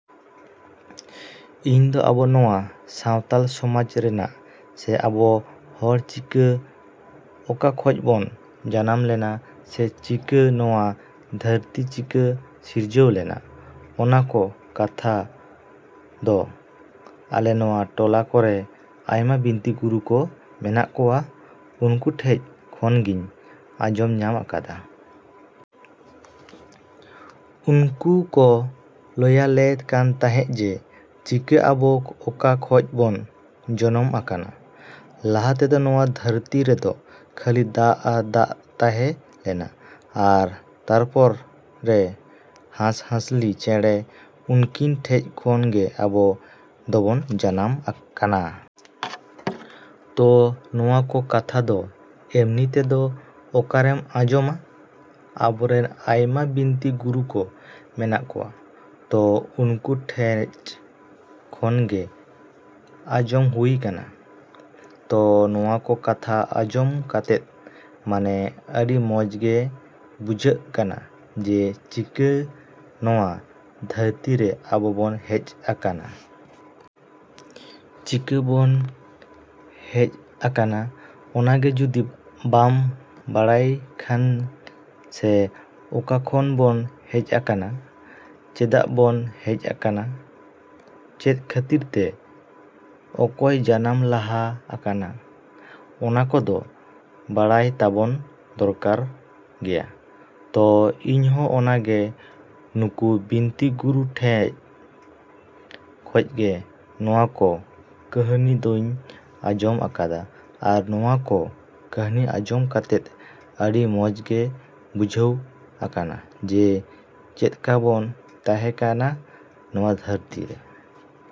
ᱤᱧᱫᱚ ᱟᱵᱚ ᱱᱚᱣᱟ ᱥᱟᱶᱛᱟᱞ ᱥᱚᱢᱟᱡᱽ ᱨᱮᱱᱟᱜ ᱥᱮ ᱟᱵᱚ ᱦᱚᱲ ᱪᱤᱠᱟᱹ ᱚᱠᱟ ᱠᱷᱚᱡ ᱵᱚᱱ ᱡᱟᱱᱟᱢ ᱞᱮᱱᱟ ᱥᱮ ᱪᱤᱠᱟᱹ ᱱᱚᱣᱟ ᱫᱷᱟᱹᱨᱛᱤ ᱪᱤᱠᱟᱹ ᱥᱤᱨᱡᱟᱹᱣ ᱞᱮᱱᱟ, ᱚᱱᱟ ᱠᱚ ᱠᱟᱛᱷᱟ ᱫᱚ ᱟᱞᱮ ᱱᱚᱣᱟ ᱴᱚᱞᱟ ᱠᱚᱨᱮ ᱟᱭᱢᱟ ᱵᱤᱱᱛᱤ ᱜᱩᱨᱩ ᱠᱚ ᱢᱮᱱᱟᱜ ᱠᱚᱣᱟ, ᱩᱱᱠᱩ ᱴᱷᱮᱡ ᱠᱷᱚᱱᱜᱤᱧ ᱟᱸᱡᱚᱢ ᱧᱟᱢ ᱟᱠᱟᱫᱟ᱾ ᱩᱱᱠᱩ ᱠᱚ ᱞᱟᱹᱭᱟᱞᱮ ᱠᱟᱱ ᱛᱟᱦᱮᱸᱜ ᱡᱮ ᱪᱤᱠᱟᱹ ᱟᱵᱚ ᱚᱠᱟ ᱠᱷᱚᱡ ᱵᱚᱱ ᱡᱚᱱᱚᱢ ᱟᱠᱟᱱᱟ᱾ ᱞᱟᱦᱟ ᱛᱮᱫᱚ ᱱᱚᱣᱟ ᱫᱷᱟᱹᱨᱛᱤ ᱨᱮᱫᱚ ᱠᱷᱟᱹᱞᱤ ᱫᱟᱜ ᱟᱨ ᱫᱟᱜ ᱛᱟᱦᱮᱸ ᱞᱮᱱᱟ ᱟᱨ ᱛᱟᱨᱯᱚᱨᱮ ᱦᱟᱸᱥ-ᱦᱟᱸᱥᱞᱤ ᱪᱮᱸᱬᱮ ᱩᱱᱠᱤᱱ ᱴᱷᱮᱡ ᱠᱷᱚᱱ ᱜᱮ ᱟᱵᱚ ᱫᱚᱵᱚᱱ ᱡᱟᱱᱟᱢ ᱠᱟᱱᱟ᱾ ᱛᱚ ᱱᱚᱣᱟ ᱠᱚ ᱠᱟᱛᱷᱟ ᱫᱚ ᱮᱢᱱᱤ ᱛᱮᱫᱚ ᱚᱠᱟᱨᱮᱢ ᱟᱸᱡᱚᱢᱟ? ᱟᱵᱚᱨᱮᱱ ᱟᱭᱢᱟ ᱵᱤᱱᱛᱤ ᱜᱩᱨᱩ ᱠᱚ ᱢᱮᱱᱟᱜ ᱠᱚᱣᱟ, ᱛᱚ ᱩᱱᱠᱩ ᱴᱷᱮᱡ ᱠᱷᱚᱱᱜᱮ ᱟᱸᱡᱚᱢ ᱦᱩᱭ ᱠᱟᱱᱟ᱾ ᱛᱚ ᱱᱚᱣᱟ ᱠᱚ ᱠᱟᱛᱷᱟ ᱟᱸᱡᱚᱢ ᱠᱟᱛᱮᱫ ᱢᱟᱱᱮ ᱟᱹᱰᱤ ᱢᱚᱡᱽ ᱜᱮ ᱵᱩᱡᱷᱟᱹᱜ ᱠᱟᱱᱟ ᱡᱮ ᱪᱤᱠᱟᱹ ᱱᱚᱣᱟ ᱫᱷᱟᱹᱨᱛᱤᱨᱮ ᱟᱵᱚᱵᱚᱱ ᱦᱮᱡ ᱟᱠᱟᱱᱟ᱾ ᱪᱤᱠᱟᱹᱵᱚᱱ ᱦᱮᱡ ᱟᱠᱟᱱᱟ ᱚᱱᱟᱜᱮ ᱡᱩᱫᱤ ᱵᱟᱢ ᱵᱟᱲᱟᱭ ᱠᱷᱟᱱ ᱥᱮ ᱚᱠᱟ ᱠᱷᱚᱱ ᱵᱚᱱ ᱦᱮᱡ ᱟᱠᱟᱱᱟ, ᱪᱮᱫᱟᱜ ᱵᱚᱱ ᱦᱮᱡ ᱟᱠᱟᱱᱟ, ᱪᱮᱫ ᱠᱷᱟᱹᱛᱤᱨ ᱛᱮ, ᱚᱠᱚᱭ ᱡᱟᱱᱟᱢ ᱞᱟᱦᱟ ᱟᱠᱟᱱᱟ, ᱚᱱᱟ ᱠᱚᱫᱚ ᱵᱟᱲᱟᱭ ᱛᱟᱵᱚᱱ ᱫᱚᱨᱠᱟᱨ ᱜᱮᱭᱟ᱾ ᱛᱚ ᱤᱧᱦᱚᱸ ᱚᱱᱠᱟᱜᱮ ᱱᱩᱠᱩ ᱵᱤᱱᱛᱤ ᱜᱩᱨᱩ ᱴᱷᱮᱱ ᱠᱷᱚᱡ ᱜᱮ ᱱᱚᱣᱟ ᱠᱚ ᱠᱟᱹᱦᱱᱤ ᱫᱚᱧ ᱟᱸᱡᱚᱢ ᱟᱠᱟᱫᱟ ᱟᱨ ᱱᱚᱣᱟ ᱠᱚ ᱠᱟᱹᱦᱱᱤ ᱟᱸᱡᱚᱢ ᱠᱟᱛᱮᱫ ᱟᱹᱰᱤ ᱢᱚᱡᱽᱜᱮ ᱵᱩᱡᱷᱟᱹᱣ ᱟᱠᱟᱱᱟ ᱡᱮ ᱪᱮᱫᱠᱟᱵᱚᱱ ᱛᱟᱦᱮᱸ ᱠᱟᱱᱟ ᱱᱚᱣᱟ ᱫᱷᱟᱹᱨᱛᱤᱨᱮ᱾